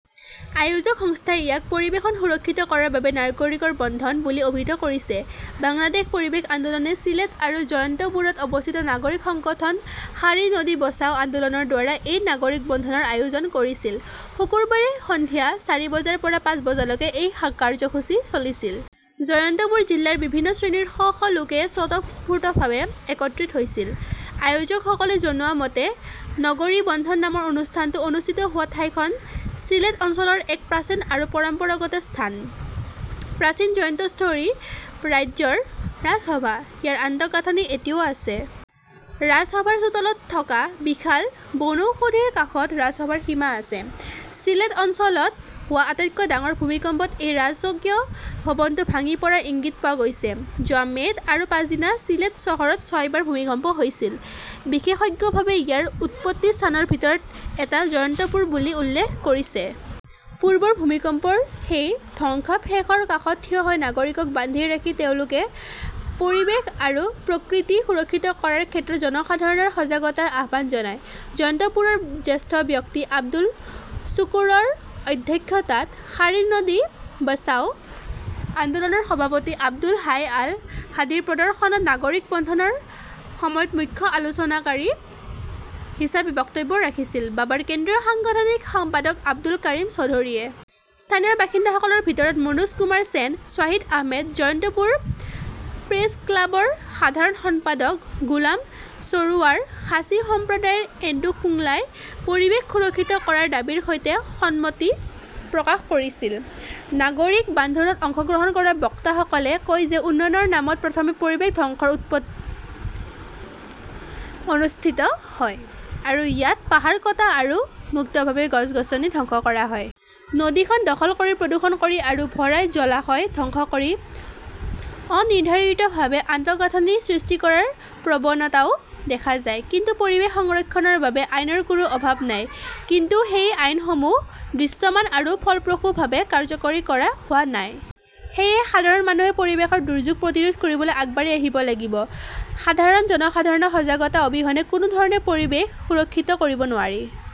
আয়োজক সংস্থাই ইয়াক "পৰিৱেশ সুৰক্ষিত কৰাৰ বাবে নাগৰিকৰ বন্ধন" বুলি অভিহিত কৰিছে। বাংলাদেশ পৰিৱেশ আন্দোলনে চিলেট আৰু জয়ন্তপুৰত অৱস্থিত নাগৰিক সংগঠন শাৰী নদী বচাও আন্দোলনৰ দ্বাৰা এই নাগৰিক বন্ধনৰ আয়োজন কৰিছিল। শুক্ৰবাৰে সন্ধিয়া চাৰি বজাৰ পৰা পাঁচ বজালৈকে এই কাৰ্যসূচী চলিছিল। জয়ন্তপুৰ জিলাৰ বিভিন্ন শ্ৰেণীৰ শ শ লোকে স্বতঃস্ফূৰ্তভাৱে একত্ৰিত হৈছিল। আয়োজকসকলে জনোৱা মতে, নগৰী বন্ধন নামৰ অনুষ্ঠানটো অনুষ্ঠিত হোৱা ঠাইখন চিলেট অঞ্চলৰ এক প্ৰাচীন আৰু পৰম্পৰাগত স্থান। প্ৰাচীন জয়ন্তশ্বৰী ৰাজ্যৰ ৰাজসভা। ইয়াৰ আন্তঃগাঁথনি এতিয়াও আছে। ৰাজসভাৰ চোতালত থকা বিশাল বনৌষধিৰ কাষত ৰাজসভাৰ সীমা আছে। চিলেট অঞ্চলত হোৱা আটাইতকৈ ডাঙৰ ভূমিকম্পত এই ৰাজকীয় ভৱনটো ভাঙি পৰাৰ ইংগিত পোৱা গৈছে। যোৱা মে'ত আৰু পাছদিনা চিলেট চহৰত ছয়বাৰ ভূমিকম্প হৈছিল। বিশেষজ্ঞসকলে ইয়াৰ উৎপত্তি স্থানৰ ভিতৰত এটা জয়ন্তপুৰ বুলি উল্লেখ কৰিছে। পূৰ্বৰ ভূমিকম্পৰ সেই ধ্বংসাৱশেষৰ কাষত থিয় হৈ নাগৰিকক বান্ধি ৰাখি তেওঁলোকে পৰিৱেশ আৰু প্ৰকৃতি সুৰক্ষিত কৰাৰ ক্ষেত্ৰত জনসাধাৰণৰ সজাগতাৰ আহ্বান জনায়। জয়ন্তপুৰৰ জ্যেষ্ঠ ব্যক্তি আব্দুছ শুকুৰৰ অধ্যক্ষতাত শাৰী নদী বচাও আন্দোলনৰ সভাপতি আব্দুল হাই আল হাদিৰ প্ৰদৰ্শনত নাগৰিক বন্ধনৰ সময়ত মুখ্য আলোচনাকাৰী হিচাপে বক্তব্য ৰাখিছিল বাবাৰ কেন্দ্ৰীয় সাংগঠনিক সম্পাদক আব্দুল কাৰিম চৌধুৰীয়ে। স্থানীয় বাসিন্দাসকলৰ ভিতৰত মনোজ কুমাৰ সেন, শ্বাহিদ আহমেদ, জয়ন্তপুৰ প্ৰেছ ক্লাবৰ সাধাৰণ সম্পাদক গোলাম সৰোৱাৰ, খাচী সম্প্ৰদায়ৰ এণ্ডু খোংলাই পৰিৱেশ সুৰক্ষিত কৰাৰ দাবীৰ সৈতে সন্মতি প্ৰকাশ কৰিছিল। নাগৰিক বান্ধোনত অংশগ্ৰহণ কৰা বক্তাসকলে কয় যে উন্নয়নৰ নামত প্ৰথমে পৰিৱেশ ধ্বংসৰ উৎসৱ অনুষ্ঠিত হয় আৰু ইয়াত পাহাৰ কটা আৰু মুক্তভাৱে গছ-গছনি ধ্বংস কৰা হয়। নদীখন দখল কৰি, প্ৰদূষণ কৰি আৰু ভৰাই জলাশয় ধ্বংস কৰি অনিৰ্ধাৰিতভাৱে আন্তঃগাঁথনি সৃষ্টি কৰাৰ প্ৰৱণতাও দেখা যায়। কিন্তু পৰিৱেশ সংৰক্ষণৰ বাবে আইনৰ কোনো অভাৱ নাই। কিন্তু সেই আইনসমূহ দৃশ্যমান আৰু ফলপ্ৰসূভাৱে কাৰ্যকৰী কৰা হোৱা নাই। সেয়েহে সাধাৰণ মানুহে পৰিৱেশৰ দুৰ্যোগ প্ৰতিৰোধ কৰিবলৈ আগবাঢ়ি আহিব লাগিব। সাধাৰণ জনসাধাৰণৰ সজাগতা অবিহনে কোনো ধৰণে পৰিৱেশ সুৰক্ষিত কৰিব নোৱাৰি।